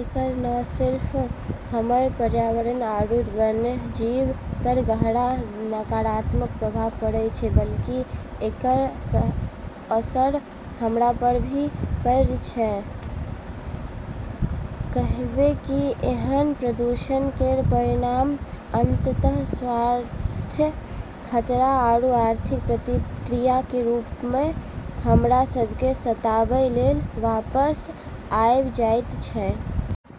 एकर न सिर्फ हमर पर्यावरण आरू वन्यजीव पर गहरा नकारात्मक प्रभाव पड़ै छै, बल्कि एकर असर हमरा पर भी पड़ै छै, कहिबे कि एहन प्रदूषण केर परिणाम अंततः स्वास्थ्य खतरा आरू आर्थिक प्रतिक्रिया के रूप मँ हमरा सब केँ सताबै लेल वापस आबी जाइत छै।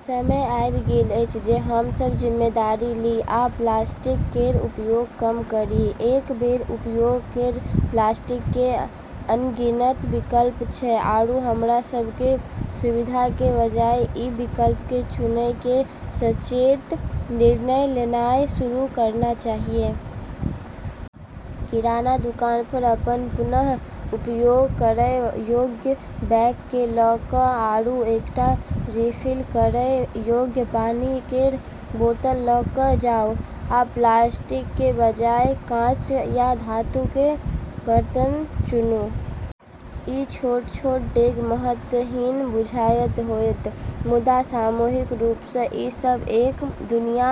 समय आबि गेल अछि जे हम सब जिम्मेदारी ली आ प्लास्टिक केर उपयोग कम करी। एक बेर उपयोग केर प्लास्टिक के अनगिनत विकल्प छै, आरू हमरा सब केँ सुविधा के बजाय ई विकल्प के चुनै के सचेत निर्णय लेनाय शुरू करना चाहियऽ। किराना दुकान पर अपन पुनः उपयोग करय योग्य बैग केँ लऽ कऽ आऊ, एकटा रिफिल करय योग्य पानी केर बोतल लऽ कऽ जाऊ, आ प्लास्टिक के बजाय कांच या धातु केर बर्तन चुनूँ। ई छोट-छोट डेग महत्वहीन बुझाइत होयत, मुदा सामूहिक रूप सँ, ई सब एक दुनिया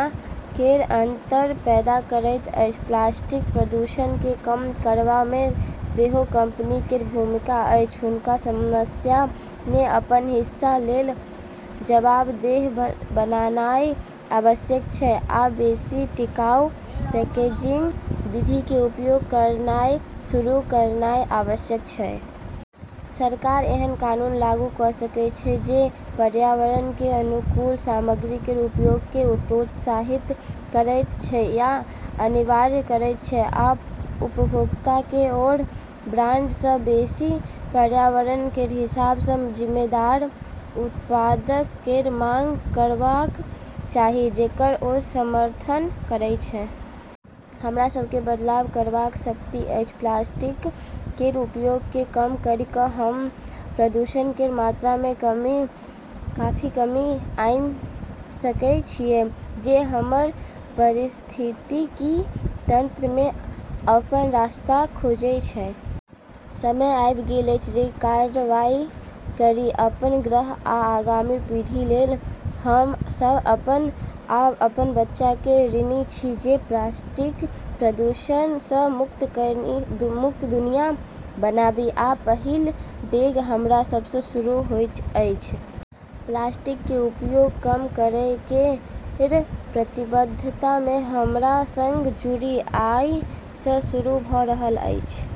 केर अंतर पैदा करैत अछि। प्लास्टिक प्रदूषण केँ कम करबा मे सेहो कंपनी केर भूमिका अछि। हुनका समस्या मे अपन हिस्सा लेल जवाबदेह बनानाय आवश्यक छै आ बेसि टिकाऊ पैकेजिंग विधि के उपयोग करनाय शुरू करनाय आवश्यक छै। सरकार एहन कानून लागू कऽ सकै छै जे पर्यावरण के अनुकूल सामग्री केर उपयोग के प्रोत्साहित करैत छै या अनिवार्य करैत छै, आ उपभोक्ता केँ ओय ब्रांड सँ बेसि पर्यावरण केर हिसाब सँ जिम्मेदार उत्पादक केर मांग करबाक चाही, जेकर ओ समर्थन करैत छै। हमरा सब मे बदलाव करबाक शक्ति अछि। प्लास्टिक केर उपयोग केँ कम करी कऽ हम्मं प्रदूषण केर मात्रा मे काफी कमी लानी सकै छियै जे हमर पारिस्थितिकी तंत्र मे अपन रास्ता खोजै छै। समय आबि गेल अछि जे कार्रवाई करी, अपन ग्रह आ आगामी पीढ़ी लेल। हम सब अपन आ अपन बच्चा के ऋणी छी जे प्लास्टिक प्रदूषण सँ मुक्त दुनिया बनाबी, आ पहिल डेग हमरा सब सँ शुरू होइत अछि। प्लास्टिक के उपयोग कम करय केर प्रतिबद्धता मे हमरा संग जुड़ी, आइ सँ शुरू भऽ रहल अछि।